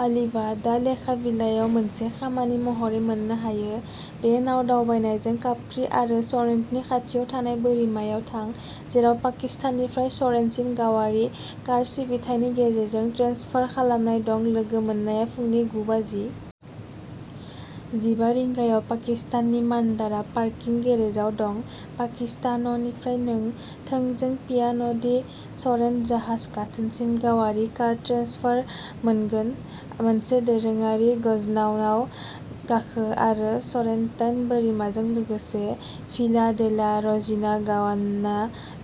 आलिभा दा लेखा बिलायाव मोनसे खामानि महरै मोननो हायो बे नाव दावबायनायजों काप्रि आरो सरेन्टनि खाथियाव थानाय बोरिमायाव थां जेराव पसिताननिफ्राय सरेन्टसिम गावारि कार सिबिथायनि गेजेरजों ट्रेन्सफार खालामनाय दं लोगो मोननाया फुंनि गुबाजि जिबा रिंगायाव पसिताननि मान्दारा पार्किं गेरेजाव दं पसितान'निफ्राय नों थोंजों पियानदि सरेन्ट जाहाज गाथोनसिम गावारि कार ट्रेन्सफार मोनगोन मोनसे दोरोङारि गजनावआव गाखो आरो सरेन्टाइन बोरिमाजों लोगोसे भिला डेला रेजिना गवान्ना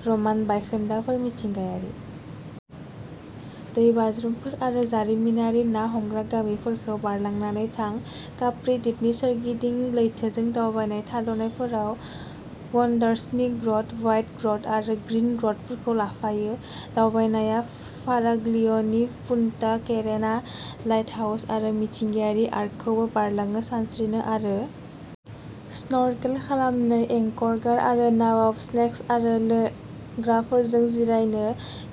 रमान बायखोन्दाफोर मिथिंगायारि दैबाज्रुमफोर आरो जारिमिनारि ना हमग्रा गामिफोरखौ बारलांनानै थां काप्रि दिपनि सोरगिदिं लैथोजों दावबाय थाद'नायफोरा व'न्डार्सनि ग्रट व्हाइट ग्रट आरो ग्रीन ग्रटखौ लाफायो दावबायनाया फाराग्लियनि पुन्टा केरेना लाइटहाउस आरो मिथिंगायारि आर्कखौबो बारलाङो सानस्रिनो आरो स्नर्केल खालामनो एंकर गार आरो नावाव स्नेक्स आरो लोंग्राफोरजों जिरायनो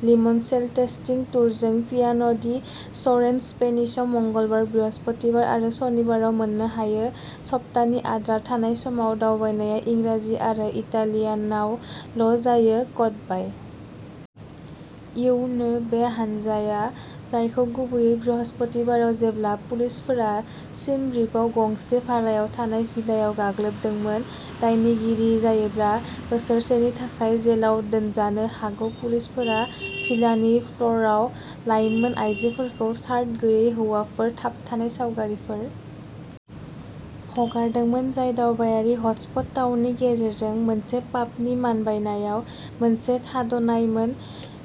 लिमनसेलटेस्टिं टुरजों पियानदि सरेन्ट स्पेनिशआव मंगलबार बृहस्पतिबार आरो सनिबाराव मोननो हायो सप्तानि आद्रा थानाय समाव दावबायनाया इंराजि आरो इटालियानआव ल' जायो कड बाइ इउ नो बे हानजाया जायखौ गुबैयै बृहस्पतिबाराव जेब्ला पुलिसफोरा सिम रिपआव गंसे भारायाव थानाय भिलायाव गाग्लोबदोंमोन दायनिगिरि जायोब्ला बोसोरसेनि थाखाय जेलाव दोनजानो हागौ पुलिसफोरा भिलानि फ्ल'रआव लाइमोन आइजोफोरखौ सार्ट गैयै हौवाफोर थाबथानाय सावगारिफोर हगारदोंमोन जाय दावबायारि हटस्पट टाउननि गेजेरजों मोनसे पाबनि मानबायनायाव मोनसे थाद'नायमोन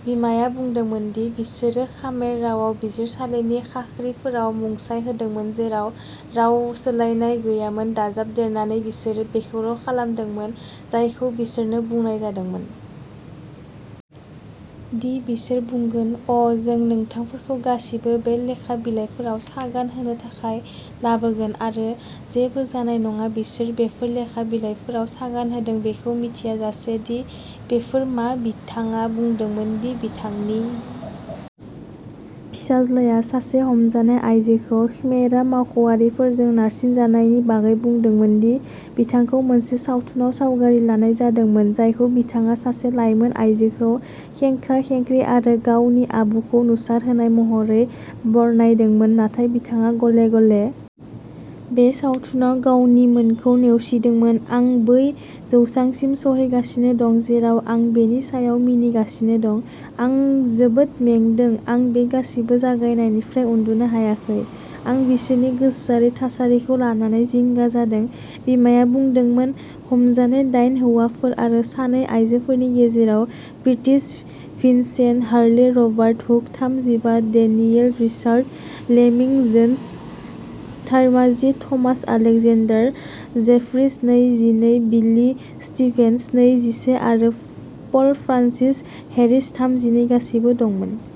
बिमाया बुंदोंमोन दि बिसोरो खमेर रावाव बिजिरसालिनि खाख्रिफोराव मुंसाइ होदोंमोन जेराव राव सोलायनाय गैयामोन दाजाबदेरनानै बिसोरो बेखौल' खालामदोंमोन जायखौ बिसोरनो बुंनाय जादोंमोन दि बिसोर बुंगोन अ जों नोंथांफोरखौ गासिबो बे लेखा बिलाइफोराव सागान होनो थाखाय लाबोगोन आरो जेबो जानाय नङा बिसोर बेफोर लेखा बिलाइफोराव सागान होदों बेखौ मिथियाजासे दि बेफोर मा बिथाङा बुंदोंमोन दि बिथांनि फिसाज्लाया सासे हमजानाय आयजोखौ ख्मेरा मावख'आरिफोरजों नारसिनजानायनि बागै बुंदोंमोन दि बिथांखौ मोनसे सावथुनाव सावगारि लानाय जादोंमोन जायखौ बिथाङा सासे लाइमोन आयजोखौ खेंख्रा खेंख्रि आरो गावनि आबुखौ नुसारहोनाय महरै बरनायदोंमोन नाथाय बिथाङा गले गले बे सावथुनाव गावनिमोनखौ नेवसिदोंमोन आं बै जौसांसिम सौहैगासिनो दं जेराव आं बेनि सायाव मिनिगासिनो दं आं जोबोद मेंदों आं बे गासैबो जागायनायनिफ्राय उन्दुनो हायाखै आं बिसोरनि गोसोआरि थासारिखौ लानानै जिंगा जादों बिमाया बुंदोंमोन हमजानाय दाइन हौवाफोर आरो सानै आयजोफोरनि गेजेराव British Vincent Harley Robert Hooke थाम जिबा डेनियेल रिचार्ड लेमिं जोन्स थामजिि थमास एलेक्जेन्डार जेफ्रिस नै जिनै बिली स्टीभेन्स नै जिसे आरो पल फ्रान्सिस हेरिस थाम जिनै गासैबो दंमोन।